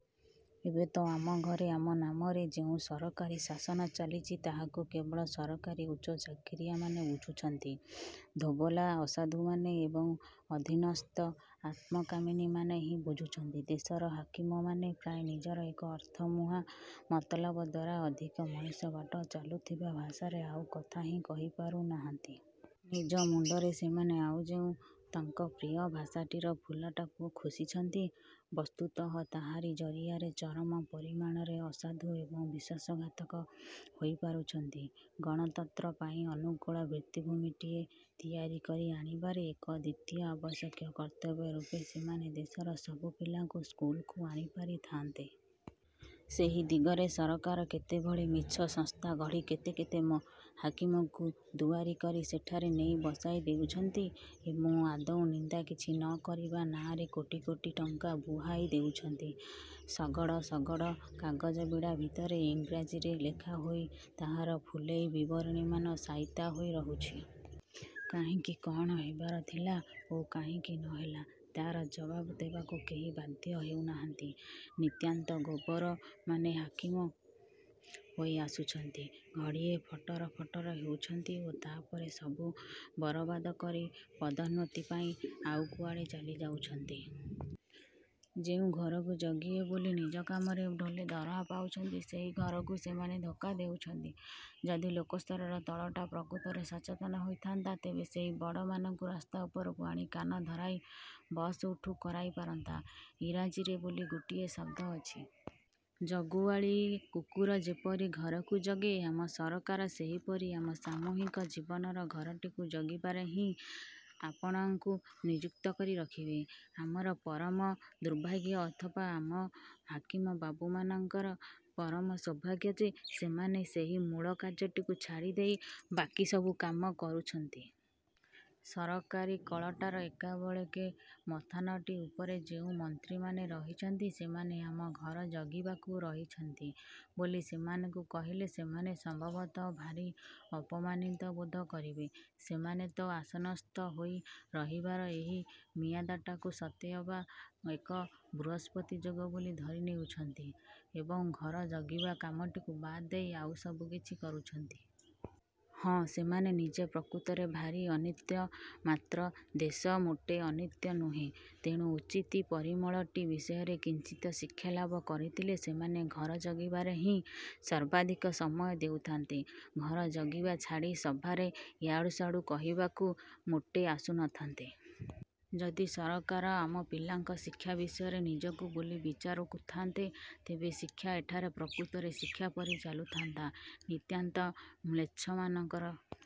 ଏବେ ତ ଆମ ଘରେ ଆମ ନାମରେ ଯେଉଁ ସରକାରୀଶାସନ ଚାଲିଛି ତାହାକୁ କେବଳ ସରକାରୀ ଉଚ୍ଚ ଚାକିରିଆମାନେ ବୁଝୁଛନ୍ତି, ଧୋବଲା ଅସାଧୁମାନେ ଏବଂ ଅଧିନସ୍ଥ ଆତ୍ମକାମୀନୀମାନେ ହିଁ ବୁଝୁଛନ୍ତି। ଦେଶର ହାକିମମାନେ ପ୍ରାୟ ନିଜର ଏକ ଅର୍ଥମୁହାଁ ମତଲବ ଦ୍ୱାରା ଅଧିକ ମଣିଷ ବାଟ ଚାଲୁଥିବା ଭାଷାରେ ଆଉ କଥା ହିଁ କହିପାରୁ ନାହାନ୍ତି। ନିଜ ମୁଣ୍ଡରେ ସେମାନେ ଆଉ ଯେଉଁ ତାଙ୍କ ପ୍ରିୟ ଭାଷାଟିର ଫୁଲଟାକୁ ଖୋସିଛନ୍ତି, ବସ୍ତୁତଃ ତାହାରି ଜରିଆରେ ଚରମ ପରିମାଣରେ ଅସାଧୁ ଏବଂ ବିଶ୍ୱାସଘାତକ ହୋଇପାରୁଛନ୍ତି। ଗଣତନ୍ତ୍ର ପାଇଁ ଅନୁକୂଳ ଭିତ୍ତିଭୂମିଟିଏ ତିଆରିକରି ଆଣିବାରେ ଏକ ଦ୍ଵିତୀୟ ଆବଶ୍ୟକ କର୍ତ୍ତବ୍ୟ ରୂପେ ସେମାନେ ଦେଶର ସବୁ ପିଲାଙ୍କୁ ସ୍କୁଲକୁ ଆଣିପାରି ଥାଆନ୍ତେ। ସେହି ଦିଗରେ ସରକାର କେତେଭଳି ମିଛ ସଂସ୍ଥାଗଢ଼ି କେତେ କେତେ ମ ହାକିମଙ୍କୁ ଦୁଆରୀ କରି ସେଠାରେ ନେଇ ବସାଇ ଦେଉଛନ୍ତି ଏବଂ ଆଦୌ ନିନ୍ଦା କିଛି ନ କରିବା ନାଆଁରେ କୋଟି କୋଟି ଟଙ୍କା ବୁହାଇ ଦେଉଛନ୍ତି। ଶଗଡ଼ ଶଗଡ଼ କାଗଜବିଡ଼ା ଭିତରେ ଇଂରାଜୀରେ ଲେଖାହୋଇ ତାହାର ଫୁଲେଇ ବିବରଣୀମାନ ସାଇତା ହୋଇ ରହୁଛି। କାହିଁକି କଣ ହେବାର ଥିଲା ଓ କାହିଁକି ନହେଲା, ତାର ଜବାବ ଦେବାକୁ କେହି ବାଧ୍ୟ ହେଉନାହାନ୍ତି। ନିତାନ୍ତ ଗୋବରମାନେ ହାକିମ ହୋଇ ଆସୁଛନ୍ତି, ଘଡ଼ିଏ ଫଟର ଫଟର ହେଉଛନ୍ତି ଓ ତାପରେ ସବୁ ବରବାଦ କରି ପଦୋନ୍ନତି ପାଇଁ ଆଉ କୁଆଡ଼େ ଚାଲି ଯାଉଛନ୍ତି। ଯେଉଁ ଘରକୁ ଜଗିବେ ବୋଲି ନିଜ କାମରେ ଢୋଲେ ଦରମା ପାଉଛନ୍ତି, ସେହି ଘରକୁ ସେମାନେ ଧୋକା ଦେଉଛନ୍ତି। ଯଦି ଲୋକସ୍ତରର ତଳଟା ପ୍ରକୃତରେ ସଚେତନ ହୋଇଥାନ୍ତା, ତେବେ ସେହି ବଡ଼ମାନଙ୍କୁ ରାସ୍ତା ଉପରକୁ ଆଣି କାନ ଧରାଇ ବସ ଉଠ କରାଇପାରନ୍ତା। ଇଂରାଜୀରେ ବୋଲି ଗୋଟିଏ ଶବ୍ଦ ଅଛି। ଜଗୁଆଳି କୁକୁର ଯେପରି ଘରକୁ ଜଗେ, ଆମ ସରକାର ସେହିପରି ଆମ ସାମୂହିକ ଜୀବନର ଘରଟିକୁ ଜଗିବାରେ ହିଁ ଆପଣଙ୍କୁ ନିଯୁକ୍ତ କରି ରଖିବେ। ଆମର ପରମ ଦୁର୍ଭାଗ୍ୟ ଅଥବା ଆମ ହାକିମ ବାବୁମାନଙ୍କର ପରମ ସୌଭାଗ୍ୟ ଯେ ସେମାନେ ସେହି ମୂଳ କାର୍ଯ୍ୟଟିକୁ ଛାଡ଼ିଦେଇ ବାକି ସବୁ କାମ କରୁଛନ୍ତି। ସରକାରୀ କଳଟାର ଏକାବେଳେକେ ମଥାନଟି ଉପରେ ଯେଉଁ ମନ୍ତ୍ରୀମାନେ ରହିଛନ୍ତି। ସେମାନେ ଆମ ଘର ଜଗିବାକୁ ରହିଛନ୍ତି ବୋଲି ସେମାନଙ୍କୁ କହିଲେ ସେମାନେ ସମ୍ଭବତଃ ଭାରି ଅପମାନିତ ବୋଧ କରିବେ। ସେମାନେ ତ ଆସନସ୍ଥ ହୋଇ ରହିବାର ଏହି ମିଆଦଟାକୁ ସତେ ଅବା ଏକ ବୃହସ୍ପତି ଯୋଗ ବୋଲି ଧରି ନେଉଛନ୍ତି ଏବଂ ଘର ଜଗିବା କାମଟିକୁ ବାଦ୍ ଦେଇ ଆଉ ସବୁକିଛି କରୁଛନ୍ତି। ହଁ ସେମାନେ ନିଜେ ପ୍ରକୃତରେ ଭାରି ଅନିତ୍ୟ ମାତ୍ର ଦେଶ ମୋଟେ ଅନିତ୍ୟ ନୁହେଁ, ତେଣୁ ଉଚିତ୍ ପରିମଳଟି ବିଷୟରେ କିଞ୍ଚିତ ଶିକ୍ଷାଲାଭ କରିଥିଲେ ସେମାନେ ଘର ଜଗିବାରେ ହିଁ ସର୍ବାଧିକ ସମୟ ଦେଉଥାନ୍ତେ। ଘର ଜଗିବା ଛାଡ଼ି ସଭାରେ ୟାଡୁସାଡୁ କହିବାକୁ ମୋଟେ ଆସୁନଥାନ୍ତେ। ଯଦି ସରକାର ଆମ ପିଲାଙ୍କ ଶିକ୍ଷା ବିଷୟରେ ନିଜକୁ ବୋଲି ବିଚାରୁ କୁ ଥାଆନ୍ତେ, ତେବେ ଶିକ୍ଷା ଏଠାରେ ପ୍ରକୃତରେ ଶିକ୍ଷା ପରି ଚାଲୁଥାନ୍ତା, ନିତାନ୍ତ ମ୍ଳେଚ୍ଛମାନଙ୍କର